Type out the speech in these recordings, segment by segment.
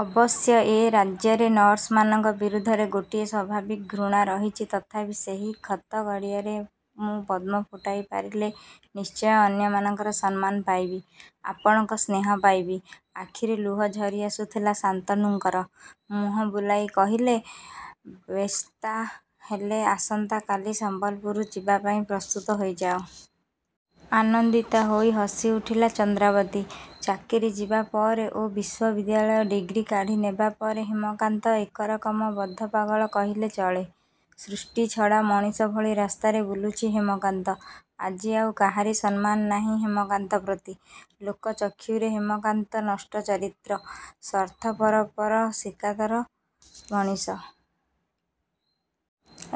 ଅବଶ୍ୟ ଏ ରାଜ୍ୟରେ ନର୍ସମାନଙ୍କ ବିରୁଦ୍ଧରେ ଗୋଟିଏ ସ୍ୱଭାବିକ୍ ଘୃଣା ରହିଛି ତଥାପି ସେହି ଖତ ଗଡ଼ିଆରେ ମୁଁ ପଦ୍ମ ଫୁଟାଇ ପାରିଲେ ନିଶ୍ଚୟ ଅନ୍ୟମାନଙ୍କର ସମ୍ମାନ ପାଇବି। ଆପଣଙ୍କ ସ୍ନେହ ପାଇବି। '' ଆଖିରୁ ଲୁହ ଝରି ଆସୁଥିଲା ଶାନ୍ତନୁଙ୍କର। ମୁହଁ ବୁଲାଇ କହିଲେ''ବେଶ୍ତା ହେଲେ ଆସନ୍ତା କାଲି ସମ୍ବଲପୁର ଯିବା ପାଇଁ ପ୍ରସ୍ତୁତ ହୋଇଯାଅ। '' ଆନନ୍ଦିତା ହୋଇ ହସିଉଠିଲା ଚନ୍ଦ୍ରାବତୀ। ଚାକିରୀ ଯିବା ପରେ ଓ ବିଶ୍ୱବିଦ୍ୟାଳୟ ଡ଼ିଗ୍ରୀ କାଢ଼ି ନେବାପରେ ହେମକାନ୍ତ ଏକରକମ ବଦ୍ଧପାଗଳ କହିଲେ ଚଳେ। ସୃଷ୍ଟି ଛଡ଼ା ମଣିଷ ଭଳି ରାସ୍ତାରେ ବୁଲୁଛି ହେମକାନ୍ତ। ଆଜି ଆଉ କାହାରି ସମ୍ମାନ ନାହିଁ ହେମକାନ୍ତ ପ୍ରତି। ଲୋକଚକ୍ଷୁରେ ହେମକାନ୍ତ ନଷ୍ଟଚରିତ୍ର, ସ୍ୱାର୍ଥପରପରଶ୍ରୀକାତର ମଣିଷ।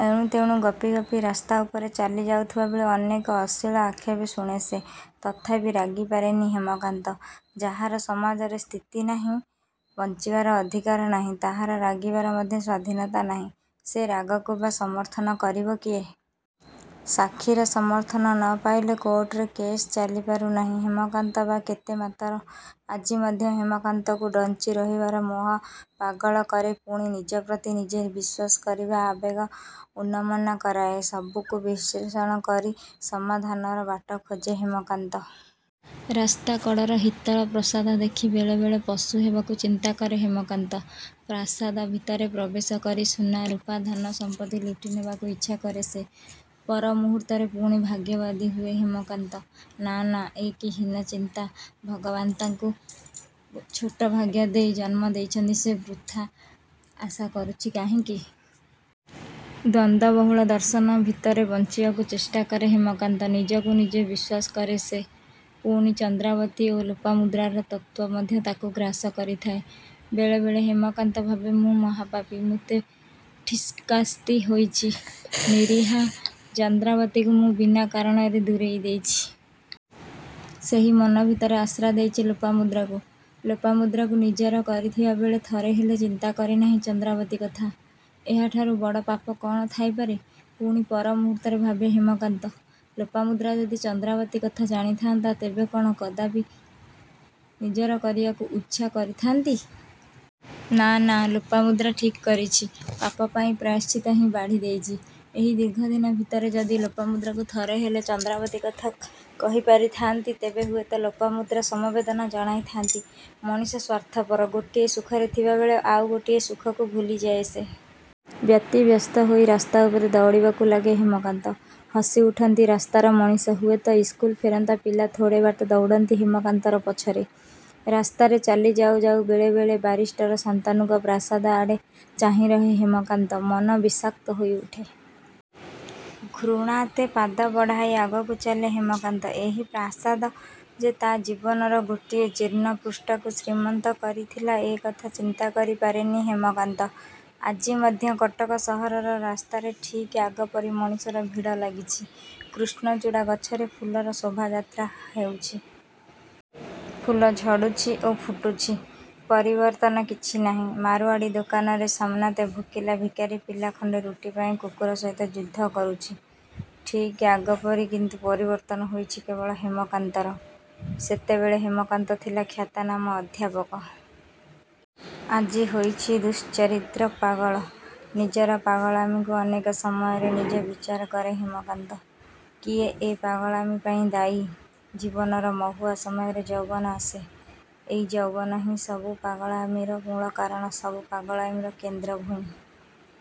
ଏଣୁ ତେଣୁ ଗପି ଗପି ରାସ୍ତା ଉପରେ ଚାଲି ଯାଉଥିବାବେଳେ ଅନେକ ଅଶ୍ଳୀଳ ଆକ୍ଷେପ ଶୁଣେ ସେ। ତଥାପି ରାଗି ପାରେନି ହେମକାନ୍ତ। ଯାହାର ସମାଜରେ ସ୍ଥିତି ନାହିଁ ବଞ୍ଚିବାର ଅଧିକାର ନାହିଁ ତାହାର ରାଗିବାର ମଧ୍ୟ ସ୍ୱାଧୀନତା ନାହିଁ। ସେ ରାଗକୁ ବା ସମର୍ଥନ କରିବ କିଏ? ସାକ୍ଷୀର ସମର୍ଥନ ନ ପାଇଲେ କୋର୍ଟରେ କେସ୍ ଚାଲିପାରୁ ନାହିଁ ହେମକାନ୍ତ ବା କେତେ ମାତର। ଆଜି ମଧ୍ୟ ହେମକାନ୍ତକୁ ଡ଼ଞ୍ଚି ରହିବାର ମୋହ ପାଗଳ କରେ ପୁଣି ନିଜ ପ୍ରତି ନିଜେ ବିଶ୍ୱାସ କରିବାର ଆବେଗ ଉନମନା କରାଏ। ସବୁକୁ ବିଶ୍ଳେଷଣ କରି ସମାଧାନର ବାଟ ଖୋଜେ ହେମକାନ୍ତ। ରାସ୍ତାକଡ଼ର ହିତଳ ପ୍ରସାଦ ଦେଖି ବେଳେ ବେଳେ ପଶୁ ହେବାକୁ ଚିନ୍ତାକରେ ହେମକାନ୍ତ। ପ୍ରାସାଦ ଭିତରେ ପ୍ରବେଶ କରି ସୁନା, ରୂପା, ଧନ ସମ୍ପତ୍ତି ଲୁଟି ନେବାକୁ ଇଚ୍ଛାକରେ ସେ। ପରମୁହୂର୍ତ୍ତରେ ପୁଣି ଭାଗ୍ୟବାଦୀ ହୁଏ ହେମକାନ୍ତ। ନାଁ ନାଁ ଏ କି ହୀନ ଚିନ୍ତା ଭଗବାନ୍ତାକୁ ଛୋଟ ଭାଗ୍ୟ ଦେଇ ଜନ୍ମ ଦେଇଛନ୍ତି ସେ ବୃଥା ଆଶା କରୁଛି କାହିଁକି? ଦ୍ୱନ୍ଦବହୁଳ ଦର୍ଶନ ଭିତରେ ବଞ୍ଚିବାକୁ ଚେଷ୍ଟାକରେ ହେମକାନ୍ତ। ନିଜକୁ ନିଜେ ବିଶ୍ୱାସ କରେ ସେ। ପୁଣି ଚନ୍ଦ୍ରାବତୀ ଓ ଲୋପାମୁଦ୍ରାର ତତ୍ୱ ମଧ୍ୟ ତାକୁ ଗ୍ରାସ କରିଥାଏ। ବେଳେ ବେଳେ ହେମକାନ୍ତ ଭାବେ ମୁଁ ମହାପାପୀ। ମୋତେ ଠିକ୍ଶାସ୍ତି ହୋଇଛି। ନିରୀହା ଚନ୍ଦ୍ରାବତୀକୁ ମୁଁ ବିନା କାରଣରେ ଦୂରେଇ ଦେଇଛି। ସେହି ମନ ଭିତରେ ଆଶ୍ରା ଦେଇଛି ଲୋପାମୁଦ୍ରାକୁ। ଲୋପାମୁଦ୍ରାକୁ ନିଜର କରିଥିବାବେଳେ ଥରେ ହେଲେ ଚିନ୍ତା କରିନାହିଁ ଚନ୍ଦ୍ରାବତୀ କଥା। ଏହାଠାରୁ ବଡ଼ ପାପ କ'ଣ ଥାଇପାରେ? ପୁଣି ପର ମୁହୁର୍ତ୍ତରେ ଭାବେ ହେମକାନ୍ତ। ଲୋପାମୁଦ୍ରା ଯଦି ଚନ୍ଦ୍ରାବତୀ କଥା ଜାଣିଥାନ୍ତା ତେବେ କ'ଣ କଦାପି ନିଜର କରିବାକୁ ଉଚ୍ଛା କରିଥାନ୍ତି? ନାଁ ନାଁ ଲୋପାମୁଦ୍ରା ଠିକ୍କରିଛି ପାପପାଇଁ ପ୍ରାୟଶ୍ଚିତ ହିଁ ବାଢି ଦେଇଛି। ଏଇ ଦୀର୍ଘଦିନ ଭିତରେ ଯଦି ଲୋପାମୁଦ୍ରାକୁ ଥରେ ହେଲେ ଚନ୍ଦ୍ରାବତୀ କଥା କହି ପାରିଥାନ୍ତି ତେବେ ହୁଏତ ଲୋପାମୁଦ୍ରା ସମବେଦନା ଜଣାଇଥାନ୍ତି। ମଣିଷ ସ୍ୱାର୍ଥପର। ଗୋଟିଏ ସୁଖରେ ଥିବାବେଳେ ଆଉ ଗୋଟିଏ ସୁଖକୁ ଭୁଲିଯାଏ ସେ। ବ୍ୟତିବ୍ୟସ୍ତ ହୋଇ ଗସ୍ତା ଉପରେ ଦୌଡ଼ିବାକୁ ଲାଗେ ହେମକାନ୍ତ। ହସିଉଠନ୍ତି ରାସ୍ତାର ମଣିଷ। ହୁଏତ ଇସ୍କୁଲ ଫେରନ୍ତା ପିଲା ଥୋଡ଼େ ବାଟ ଦୌଡ଼ନ୍ତି ହେମକାନ୍ତର ପଛରେ। ରାସ୍ତାରେ ଚାଲି ଯାଉ ଯାଉ ବେଳେ ବେଳେ ବାରିଷ୍ଟର ଶାନ୍ତନୁଙ୍କ ପ୍ରାସାଦ ଆଡ଼େ ଚାହିଁରହେ ହେମକାନ୍ତ। ମନ ବିଷାକ୍ତ ହୋଇଉଠେ। ଘୃଣାତେ ପାଦ ବଢ଼ାଇ ଆଗକୁ ଚାଲେ ହେମକାନ୍ତ। ଏଇ ପ୍ରାସାଦ ଯେ ତା' ଜୀବନର ଗୋଟିଏ ଜୀର୍ଣ୍ଣ ପୃଷ୍ଠାକୁ ଶ୍ରୀମନ୍ତ କରିଥିଲା ଏ କଥା ଚିନ୍ତା କରି ପାରେନି ହେମକାନ୍ତ। ଆଜି ମଧ୍ୟ କଟକ ସହରର ରାସ୍ତାରେ ଠିକ୍ଆଗପରି ମଣିଷର ଭିଡ଼ ଲାଗିଛି। କୃଷ୍ଣଚୂଡ଼ା ଗଛରେ ଫୁଲର ଶୋଭାଯାତ୍ରା ହେଉଛି। ଫୁଲ ଝଡ଼ୁଛି ଓ ଫୁଟୁଛି। ପରିବର୍ତ୍ତନ କିଛି ନାହିଁ। ମାରଓ୍ୱାଡ଼ୀ ଦୋକାନୀର ସାମନାତେ ଭୋକିଲା ଭିକାରୀ ପିଲା ଖଣ୍ଡେ ରୁଟି ପାଇଁ କୁକୁର ସହିତ ଯୁଦ୍ଧ କରୁଛି। ଠିକ୍ ଆଗ ପରି। କିନ୍ତୁ ପରିବର୍ତ୍ତନ ହୋଇଛି କେବଳ ହେମକାନ୍ତର। ସେତେବେଳେ ହେମକାନ୍ତ ଥିଲା ଖ୍ୟାତନାମା ଅଧ୍ୟାପକ। ଆଜି ହୋଇଛି ଦୁଃଶ୍ଚରିତ୍ର ପାଗଳ। ନିଜର ପାଗଳାମୀକୁ ଅନେକ ସମୟରେ ନିଜେ ବିଚାର କରେ ହେମକାନ୍ତ। କିଏ ଏ ପାଗଳାମୀ ପାଇଁ ଦାୟୀ? ଜୀବନର ମହୁଆ ସମୟରେ ଯୌବନ ଆସେ। ଏଇ ଯୌବନ ହିଁ ସବୁ ପାଗଳାମୀର ମୂଳ କାରଣ ସବୁ ପାଗଳାମୀର କେନ୍ଦ୍ର ଭୂଇଁ।